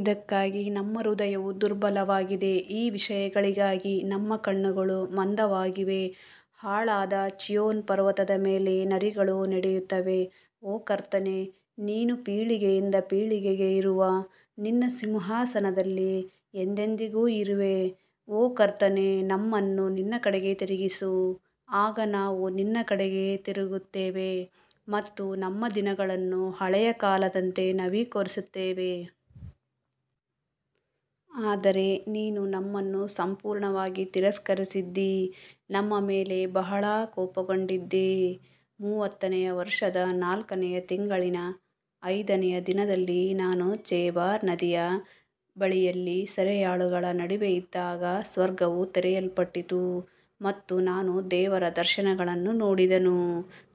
ಇದಕ್ಕಾಗಿ ನಮ್ಮ ಹೃದಯವು ದುರ್ಬಲವಾಗಿದೆ, ಈ ವಿಷಯಗಳಿಗಾಗಿ ನಮ್ಮ ಕಣ್ಣುಗಳು ಮಂದವಾಗಿವೆ. ಹಾಳಾದ ಚೀಯೋನ್ ಪರ್ವತದ ಮೇಲೆ ನರಿಗಳು ನಡೆಯುತ್ತವೆ. ಓ ಕರ್ತನೇ, ನೀನು ಪೀಳಿಗೆಯಿಂದ ಪೀಳಿಗೆಗೆ ಇರುವ ನಿನ್ನ ಸಿಂಹಾಸನದಲ್ಲಿ ಎಂದೆಂದಿಗೂ ಇರುವೆ. ಓ ಕರ್ತನೇ, ನಮ್ಮನ್ನು ನಿನ್ನ ಕಡೆಗೆ ತಿರುಗಿಸು, ಆಗ ನಾವು ನಿನ್ನ ಕಡೆಗೆ ತಿರುಗುತ್ತೇವೆ ಮತ್ತು ನಮ್ಮ ದಿನಗಳನ್ನು ಹಳೆಯ ಕಾಲದಂತೆ ನವೀಕರಿಸುತ್ತೇವೆ. ಆದರೆ ನೀನು ನಮ್ಮನ್ನು ಸಂಪೂರ್ಣವಾಗಿ ತಿರಸ್ಕರಿಸಿದ್ದೀ, ನಮ್ಮ ಮೇಲೆ ಬಹಳವಾಗಿ ಕೋಪಗೊಂಡಿದ್ದೀ. ಮೂವತ್ತನೆಯ ವರುಷದ ನಾಲ್ಕನೆಯ ತಿಂಗಳಿನ ಐದನೆಯ ದಿನದಲ್ಲಿ ನಾನು ಚೆಬಾರ್ ನದಿಯ ಬಳಿಯಲ್ಲಿ ಸೆರೆಯಾಳುಗಳ ನಡುವೆ ಇದ್ದಾಗ ಸ್ವರ್ಗವು ತೆರೆಯಲ್ಪಟ್ಟಿತು ಮತ್ತು ನಾನು ದೇವರ ದರ್ಶನಗಳನ್ನು ನೋಡಿದೆನು.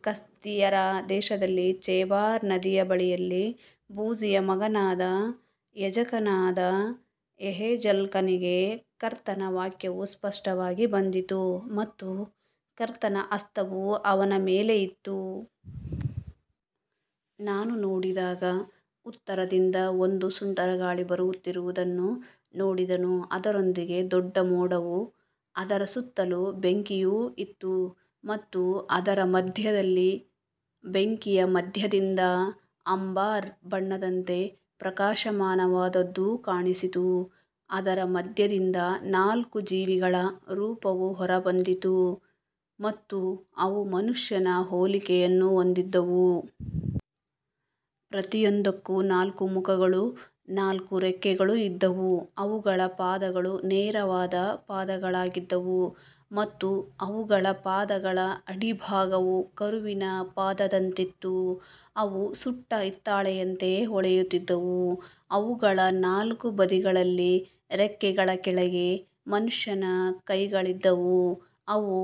ಕಸ್ದೀಯರ ದೇಶದಲ್ಲಿ ಚೆಬಾರ್ ನದಿಯ ಬಳಿಯಲ್ಲಿ ಬೂಜಿಯ ಮಗನಾದ ಯಾಜಕನಾದ ಯೆಹೆಜ್ಕೇಲನಿಗೆ ಕರ್ತನ ವಾಕ್ಯವು ಸ್ಪಷ್ಟವಾಗಿ ಬಂದಿತು ಮತ್ತು ಕರ್ತನ ಹಸ್ತವು ಅವನ ಮೇಲೆ ಇತ್ತು. ನಾನು ನೋಡಿದಾಗ, ಉತ್ತರದಿಂದ ಒಂದು ಸುಂಟರಗಾಳಿ ಬರುತ್ತಿರುವುದನ್ನು ನೋಡಿದೆನು. ಅದರೊಂದಿಗೆ ದೊಡ್ಡ ಮೋಡವೂ ಅದರ ಸುತ್ತಲೂ ಬೆಂಕಿಯೂ ಇತ್ತು ಮತ್ತು ಅದರ ಮಧ್ಯದಲ್ಲಿ ಬೆಂಕಿಯ ಮಧ್ಯದಿಂದ ಅಂಬರ್ ಬಣ್ಣದಂತೆ ಪ್ರಕಾಶಮಾನವಾದದ್ದು ಕಾಣಿಸಿತು. ಅದರ ಮಧ್ಯದಿಂದ ನಾಲ್ಕು ಜೀವಿಗಳ ರೂಪವು ಹೊರಬಂದಿತು ಮತ್ತು ಅವು ಮನುಷ್ಯನ ಹೋಲಿಕೆಯನ್ನು ಹೊಂದಿದ್ದವು. ಪ್ರತಿಯೊಂದಕ್ಕೂ ನಾಲ್ಕು ಮುಖಗಳೂ ನಾಲ್ಕು ರೆಕ್ಕೆಗಳೂ ಇದ್ದವು. ಅವುಗಳ ಪಾದಗಳು ನೇರವಾದ ಪಾದಗಳಾಗಿದ್ದವು ಮತ್ತು ಅವುಗಳ ಪಾದಗಳ ಅಡಿಭಾಗವು ಕರುವಿನ ಪಾದದಂತಿತ್ತು. ಅವು ಸುಟ್ಟ ಹಿತ್ತಾಳೆಯಂತೆ ಹೊಳೆಯುತ್ತಿದ್ದವು. ಅವುಗಳ ನಾಲ್ಕು ಬದಿಗಳಲ್ಲಿ ರೆಕ್ಕೆಗಳ ಕೆಳಗೆ ಮನುಷ್ಯನ ಕೈಗಳಿದ್ದವು. ಅವು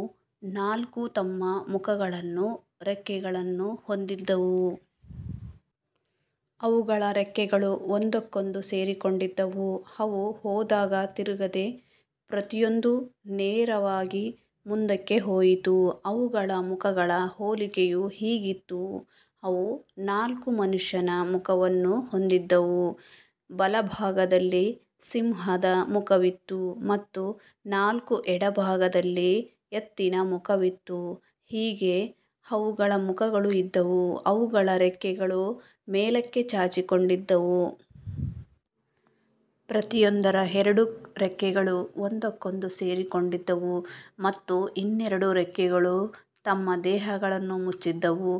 ನಾಲ್ಕೂ ತಮ್ಮ ಮುಖಗಳನ್ನೂ ರೆಕ್ಕೆಗಳನ್ನೂ ಹೊಂದಿದ್ದವು. ಅವುಗಳ ರೆಕ್ಕೆಗಳು ಒಂದಕ್ಕೊಂದು ಸೇರಿಕೊಂಡಿದ್ದವು. ಅವು ಹೋದಾಗ ತಿರುಗದೆ, ಪ್ರತಿಯೊಂದೂ ನೇರವಾಗಿ ಮುಂದಕ್ಕೆ ಹೋಯಿತು. ಅವುಗಳ ಮುಖಗಳ ಹೋಲಿಕೆಯು ಹೀಗಿತ್ತು, ಅವು ನಾಲ್ಕೂ ಮನುಷ್ಯನ ಮುಖವನ್ನು ಹೊಂದಿದ್ದವು, ಬಲಭಾಗದಲ್ಲಿ ಸಿಂಹದ ಮುಖವಿತ್ತು ಮತ್ತು ನಾಲ್ಕೂ ಎಡಭಾಗದಲ್ಲಿ ಎತ್ತಿನ ಮುಖವಿತ್ತು. ಹೀಗೆ ಅವುಗಳ ಮುಖಗಳು ಇದ್ದವು. ಅವುಗಳ ರೆಕ್ಕೆಗಳು ಮೇಲಕ್ಕೆ ಚಾಚಿಕೊಂಡಿದ್ದವು. ಪ್ರತಿಯೊಂದರ ಎರಡು ರೆಕ್ಕೆಗಳು ಒಂದಕ್ಕೊಂದು ಸೇರಿಕೊಂಡಿದ್ದವು ಮತ್ತು ಇನ್ನೆರಡು ರೆಕ್ಕೆಗಳು ತಮ್ಮ ದೇಹಗಳನ್ನು ಮುಚ್ಚಿದ್ದವು.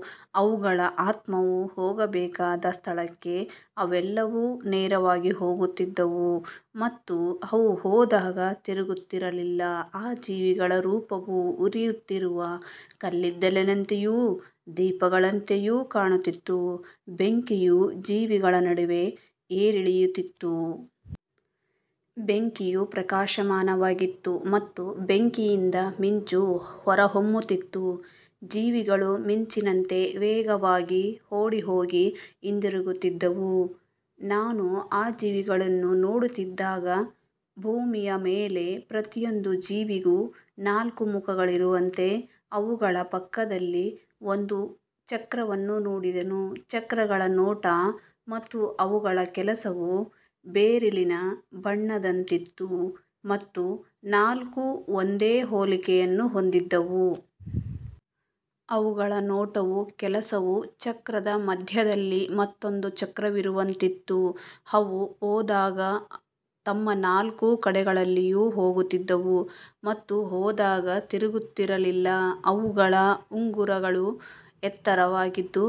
ಅವುಗಳ ಆತ್ಮವು ಹೋಗಬೇಕಾದ ಸ್ಥಳಕ್ಕೆ ಅವೆಲ್ಲವೂ ನೇರವಾಗಿ ಹೋಗುತ್ತಿದ್ದವು ಮತ್ತು ಅವು ಹೋದಾಗ ತಿರುಗುತ್ತಿರಲಿಲ್ಲ. ಆ ಜೀವಿಗಳ ರೂಪವು ಉರಿಯುತ್ತಿರುವ ಕಲ್ಲಿದ್ದಲಿನಂತೆಯೂ ದೀಪಗಳಂತೆಯೂ ಕಾಣುತ್ತಿತ್ತು. ಬೆಂಕಿಯು ಜೀವಿಗಳ ನಡುವೆ ಏರಿಳಿಯುತ್ತಿತ್ತು. ಬೆಂಕಿಯು ಪ್ರಕಾಶಮಾನವಾಗಿತ್ತು ಮತ್ತು ಬೆಂಕಿಯಿಂದ ಮಿಂಚು ಹೊರಹೊಮ್ಮುತ್ತಿತ್ತು. ಜೀವಿಗಳು ಮಿಂಚಿನಂತೆ ವೇಗವಾಗಿ ಓಡಿಹೋಗಿ ಹಿಂದಿರುಗುತ್ತಿದ್ದವು. ನಾನು ಆ ಜೀವಿಗಳನ್ನು ನೋಡುತ್ತಿದ್ದಾಗ, ಭೂಮಿಯ ಮೇಲೆ ಪ್ರತಿಯೊಂದು ಜೀವಿಗೂ ನಾಲ್ಕು ಮುಖಗಳಿರುವಂತೆ ಅವುಗಳ ಪಕ್ಕದಲ್ಲಿ ಒಂದು ಚಕ್ರವನ್ನು ನೋಡಿದೆನು. ಚಕ್ರಗಳ ನೋಟ ಮತ್ತು ಅವುಗಳ ಕೆಲಸವು ಬೆರಿಲಿನ ಬಣ್ಣದಂತಿತ್ತು ಮತ್ತು ನಾಲ್ಕೂ ಒಂದೇ ಹೋಲಿಕೆಯನ್ನು ಹೊಂದಿದ್ದವು. ಅವುಗಳ ನೋಟವೂ ಕೆಲಸವೂ ಚಕ್ರದ ಮಧ್ಯದಲ್ಲಿ ಮತ್ತೊಂದು ಚಕ್ರವಿರುವಂತಿತ್ತು. ಅವು ಹೋದಾಗ ತಮ್ಮ ನಾಲ್ಕು ಕಡೆಗಳಲ್ಲಿಯೂ ಹೋಗುತ್ತಿದ್ದವು ಮತ್ತು ಹೋದಾಗ ತಿರುಗುತ್ತಿರಲಿಲ್ಲ. ಅವುಗಳ ಉಂಗುರಗಳು ಎತ್ತರವಾಗಿದ್ದು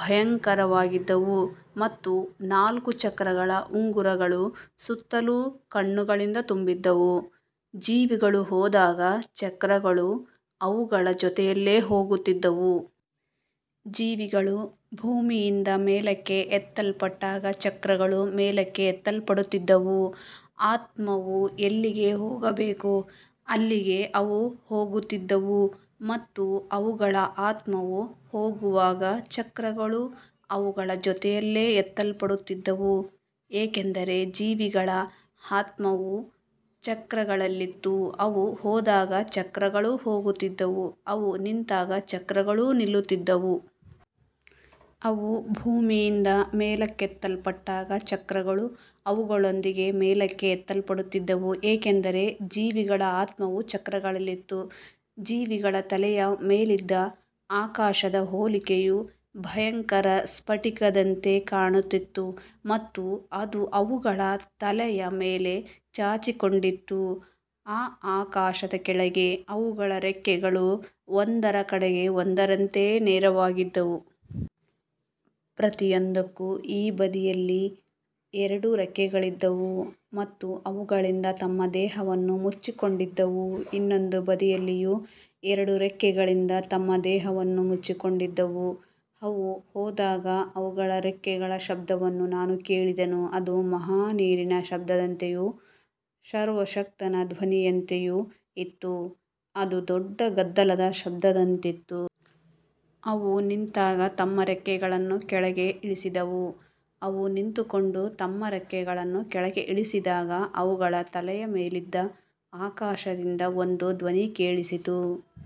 ಭಯಂಕರವಾಗಿದ್ದವು ಮತ್ತು ನಾಲ್ಕೂ ಚಕ್ರಗಳ ಉಂಗುರಗಳು ಸುತ್ತಲೂ ಕಣ್ಣುಗಳಿಂದ ತುಂಬಿದ್ದವು. ಜೀವಿಗಳು ಹೋದಾಗ ಚಕ್ರಗಳೂ ಅವುಗಳ ಜೊತೆಯಲ್ಲಿ ಹೋಗುತ್ತಿದ್ದವು. ಜೀವಿಗಳು ಭೂಮಿಯಿಂದ ಮೇಲಕ್ಕೆ ಎತ್ತಲ್ಪಟ್ಟಾಗ ಚಕ್ರಗಳೂ ಮೇಲಕ್ಕೆ ಎತ್ತಲ್ಪಡುತ್ತಿದ್ದವು. ಆತ್ಮವು ಎಲ್ಲಿಗೆ ಹೋಗಬೇಕೋ ಅಲ್ಲಿಗೆ ಅವು ಹೋಗುತ್ತಿದ್ದವು ಮತ್ತು ಅವುಗಳ ಆತ್ಮವು ಹೋಗುವಾಗ ಚಕ್ರಗಳೂ ಅವುಗಳ ಜೊತೆಯಲ್ಲಿ ಎತ್ತಲ್ಪಡುತ್ತಿದ್ದವು, ಏಕೆಂದರೆ ಜೀವಿಗಳ ಆತ್ಮವು ಚಕ್ರಗಳಲ್ಲಿತ್ತು. ಅವು ಹೋದಾಗ ಚಕ್ರಗಳೂ ಹೋಗುತ್ತಿದ್ದವು. ಅವು ನಿಂತಾಗ ಚಕ್ರಗಳೂ ನಿಲ್ಲುತ್ತಿದ್ದವು. ಅವು ಭೂಮಿಯಿಂದ ಮೇಲೆತ್ತಲ್ಪಟ್ಟಾಗ ಚಕ್ರಗಳೂ ಅವುಗಳೊಂದಿಗೆ ಮೇಲಕ್ಕೆ ಎತ್ತಲ್ಪಡುತ್ತಿದ್ದವು, ಏಕೆಂದರೆ ಜೀವಿಗಳ ಆತ್ಮವು ಚಕ್ರಗಳಲ್ಲಿತ್ತು. ಜೀವಿಗಳ ತಲೆಯ ಮೇಲಿದ್ದ ಆಕಾಶದ ಹೋಲಿಕೆಯು ಭಯಂಕರ ಸ್ಫಟಿಕದಂತೆ ಕಾಣುತ್ತಿತ್ತು ಮತ್ತು ಅದು ಅವುಗಳ ತಲೆಯ ಮೇಲೆ ಚಾಚಿಕೊಂಡಿತ್ತು. ಆ ಆಕಾಶದ ಕೆಳಗೆ ಅವುಗಳ ರೆಕ್ಕೆಗಳು ಒಂದರ ಕಡೆಗೆ ಒಂದರಂತೆ ನೇರವಾಗಿದ್ದವು. ಪ್ರತಿಯೊಂದಕ್ಕೂ ಈ ಬದಿಯಲ್ಲಿ ಎರಡು ರೆಕ್ಕೆಗಳು ಇದ್ದವು ಮತ್ತು ಅವುಗಳಿಂದ ತಮ್ಮ ದೇಹವನ್ನು ಮುಚ್ಚಿಕೊಂಡಿದ್ದವು. ಇನ್ನೊಂದು ಬದಿಯಲ್ಲಿಯೂ ಎರಡು ರೆಕ್ಕೆಗಳಿಂದ ತಮ್ಮ ದೇಹವನ್ನು ಮುಚ್ಚಿಕೊಂಡಿದ್ದವು. ಅವು ಹೋದಾಗ ಅವುಗಳ ರೆಕ್ಕೆಗಳ ಶಬ್ದವನ್ನು ನಾನು ಕೇಳಿದೆನು. ಅದು ಮಹಾ ನೀರಿನ ಶಬ್ದದಂತೆಯೂ ಸರ್ವಶಕ್ತನ ಧ್ವನಿಯಂತೆಯೂ ಇತ್ತು. ಅದು ದೊಡ್ಡ ಗದ್ದಲದ ಶಬ್ದದಂತಿತ್ತು. ಅವು ನಿಂತಾಗ ತಮ್ಮ ರೆಕ್ಕೆಗಳನ್ನು ಕೆಳಗೆ ಇಳಿಸಿದವು. ಅವು ನಿಂತುಕೊಂಡು ತಮ್ಮ ರೆಕ್ಕೆಗಳನ್ನು ಕೆಳಗೆ ಇಳಿಸಿದಾಗ, ಅವುಗಳ ತಲೆಯ ಮೇಲಿದ್ದ ಆಕಾಶದಿಂದ ಒಂದು ಧ್ವನಿ ಕೇಳಿಸಿತು.